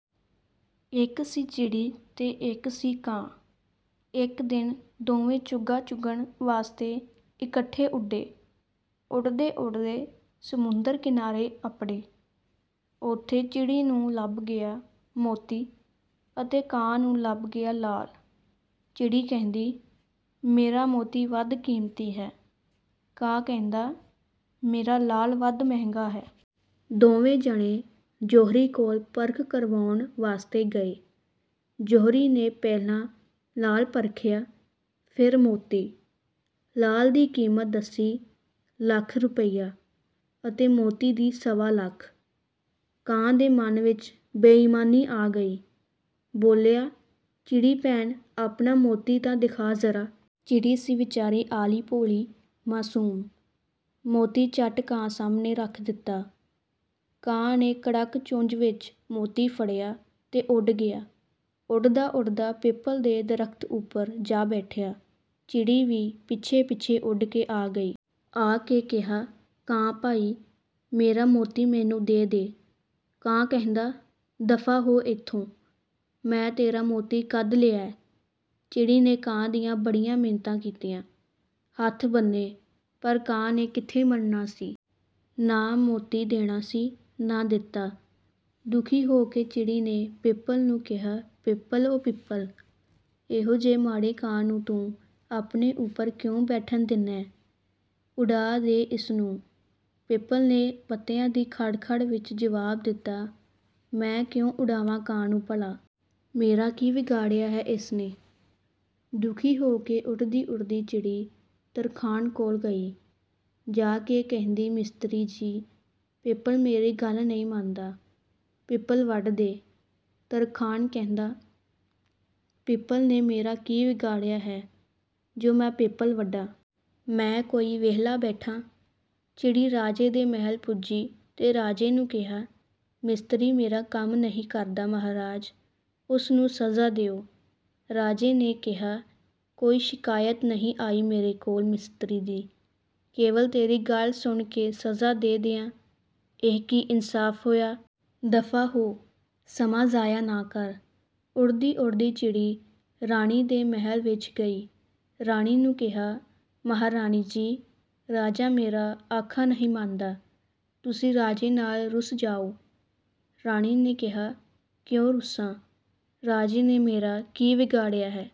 ਇੱਕ ਸੀ ਚਿੜੀ ਤੇ ਇੱਕ ਸੀ ਕਾਂ। ਇੱਕ ਦਿਨ ਦੋਵੇਂ ਚੋਗਾ ਚੁਗਣ ਵਾਸਤੇ ਇਕੱਠੇ ਉਡੇ। ਉਡਦੇ-ਉਡਦੇ ਸਮੁੰਦਰ ਕਿਨਾਰੇ ਅੱਪੜੇ। ਉਥੇ ਚਿੜੀ ਨੂੰ ਲੱਭ ਗਿਆ ਮੋਤੀ ਅਤੇ ਕਾਂ ਨੂੰ ਲੱਭ ਗਿਆ ਲਾਲ। ਚਿੜੀ ਕਹਿੰਦੀ, ਮੇਰਾ ਮੋਤੀ ਵੱਧ ਕੀਮਤੀ ਹੈ; ਕਾਂ ਕਹਿੰਦਾ, ਮੇਰਾ ਲਾਲ ਵੱਧ ਮਹਿੰਗਾ ਹੈ। ਦੋਵੇਂ ਜਣੇ ਜੌਹਰੀ ਕੋਲ ਪਰਖ ਕਰਵਾਉਣ ਵਾਸਤੇ ਗਏ। ਜੌਹਰੀ ਨੇ ਪਹਿਲਾਂ ਲਾਲ ਪਰਖਿਆ, ਫਿਰ ਮੋਤੀ। ਲਾਲ ਦੀ ਕੀਮਤ ਦੱਸੀ ਲੱਖ ਰੁਪਿਆ ਅਤੇ ਮੋਤੀ ਦੀ ਸਵਾ ਲੱਖ। ਕਾਂ ਦੇ ਮਨ ਵਿਚ ਬੇਈਮਾਨੀ ਆ ਗਈ; ਬੋਲਿਆ-ਚਿੜੀ ਭੈਣ ਆਪਣਾ ਮੋਤੀ ਤਾਂ ਦਿਖਾ ਜ਼ਰਾ! ਚਿੜੀ ਸੀ ਵਿਚਾਰੀ ਆਲੀ ਭੋਲੀ, ਮਾਸੂਮ। ਮੋਤੀ ਝੱਟ ਕਾਂ ਸਾਹਮਣੇ ਰੱਖ ਦਿੱਤਾ। ਕਾਂ ਨੇ ਕੜੱਕ ਚੁੰਜ ਵਿਚ ਮੋਤੀ ਫੜਿਆ ਤੇ ਉਡ ਗਿਆ। ਉਡਦਾ-ਉਡਦਾ ਪਿੱਪਲ ਦੇ ਦਰਖਤ ਉਪਰ ਜਾ ਬੈਠਿਆ। ਚਿੜੀ ਵੀ ਪਿੱਛੇ-ਪਿੱਛੇ ਉਡ ਕੇ ਆ ਗਈ। ਆ ਕੇ ਕਿਹਾ-ਕਾਂ ਭਾਈ, ਮੇਰਾ ਮੋਤੀ ਮੈਨੂੰ ਦੇ ਦੇ। ਕਾਂ ਕਹਿੰਦਾ-ਦਫਾ ਹੋ ਇਥੋਂ। ਮੈਂ ਤੇਰਾ ਮੋਤੀ ਕਦ ਲਿਐ? ਚਿੜੀ ਨੇ ਕਾਂ ਦੀਆਂ ਬੜੀਆਂ ਮਿੰਨਤਾਂ ਕੀਤੀਆਂ, ਹੱਥ ਬੰਨ੍ਹੇ ਪਰ ਕਾਂ ਨੇ ਕਿੱਥੇ ਮੰਨਣਾ ਸੀ? ਨਾ ਮੋਤੀ ਦੇਣਾ ਸੀ, ਨਾ ਦਿੱਤਾ। ਦੁਖੀ ਹੋ ਕੇ ਚਿੜੀ ਨੇ ਪਿੱਪਲ ਨੂੰ ਕਿਹਾ-ਪਿੱਪਲ ਓ ਪਿੱਪਲ, ਇਹੋ ਜਿਹੇ ਮਾੜੇ ਕਾਂ ਨੂੰ ਤੂੰ ਆਪਣੇ ਉਪਰ ਕਿਉਂ ਬੈਠਣ ਦਿੰਨੈਂ? ਉਡਾ ਦੇ ਇਸ ਨੂੰ। ਪਿੱਪਲ ਨੇ ਪੱਤਿਆਂ ਦੀ ਖੜ-ਖੜ ਵਿਚ ਜਵਾਬ ਦਿੱਤਾ-ਮੈਂ ਕਿਉਂ ਉਡਾਵਾਂ ਕਾਂ ਨੂੰ ਭਲਾ? ਮੇਰਾ ਕੀ ਵਿਗਾੜਿਆ ਹੈ ਇਸ ਨੇ? ਦੁਖੀ ਹੋ ਕੇ ਉਡਦੀ-ਉਡਦੀ ਚਿੜੀ ਤਰਖਾਣ ਕੋਲ ਗਈ। ਜਾ ਕੇ ਕਹਿੰਦੀ-ਮਿਸਤਰੀ ਜੀ, ਪਿੱਪਲ ਮੇਰੀ ਗੱਲ ਨੀ ਮੰਨਦਾ, ਪਿੱਪਲ ਵੱਢ ਦੇ। ਤਰਖਾਣ ਕਹਿੰਦਾ-ਪਿੱਪਲ ਨੇ ਮੇਰਾ ਕੀ ਵਿਗਾੜਿਆ ਹੈ ਜੋ ਮੈਂ ਪਿੱਪਲ ਵੱਢਾਂ? ਮੈਂ ਕੋਈ ਵਿਹਲਾ ਬੈਠਾਂ? ਚਿੜੀ ਰਾਜੇ ਦੇ ਮਹਿਲ ਪੁੱਜੀ ਤੇ ਰਾਜੇ ਨੂੰ ਕਿਹਾ-ਮਿਸਤਰੀ ਮੇਰਾ ਕੰਮ ਨਹੀਂ ਕਰਦਾ ਮਹਾਰਾਜ! ਉਸ ਨੂੰ ਸਜ਼ਾ ਦਿਓ। ਰਾਜੇ ਨੇ ਕਿਹਾ-ਕੋਈ ਸ਼ਿਕਾਇਤ ਨਹੀਂ ਆਈ ਮੇਰੇ ਕੋਲ ਮਿਸਤਰੀ ਦੀ, ਕੇਵਲ ਤੇਰੀ ਗੱਲ ਸੁਣ ਕੇ ਸਜ਼ਾ ਦੇ ਦਿਆਂ, ਇਹ ਕੀ ਇਨਸਾਫ ਹੋਇਆ? ਦਫਾ ਹੋ, ਸਮਾਂ ਜ਼ਾਇਆ ਨਾ ਕਰ। ਉਡਦੀ-ਉਡਦੀ ਚਿੜੀ ਰਾਣੀ ਦੇ ਮਹਿਲ ਵਿਚ ਗਈ। ਰਾਣੀ ਨੂੰ ਕਿਹਾ-ਮਹਾਰਾਣੀ ਜੀ! ਰਾਜਾ ਮੇਰਾ ਆਖਾ ਨਹੀਂ ਮੰਨਦਾ। ਤੁਸੀਂ ਰਾਜੇ ਨਾਲ ਰੁੱਸ ਜਾਉ। ਰਾਣੀ ਨੇ ਕਿਹਾ-ਕਿਉਂ ਰੁੱਸਾਂ? ਰਾਜੇ ਨੇ ਮੇਰਾ ਕੀ ਵਿਗਾੜਿਆ ਹੈ?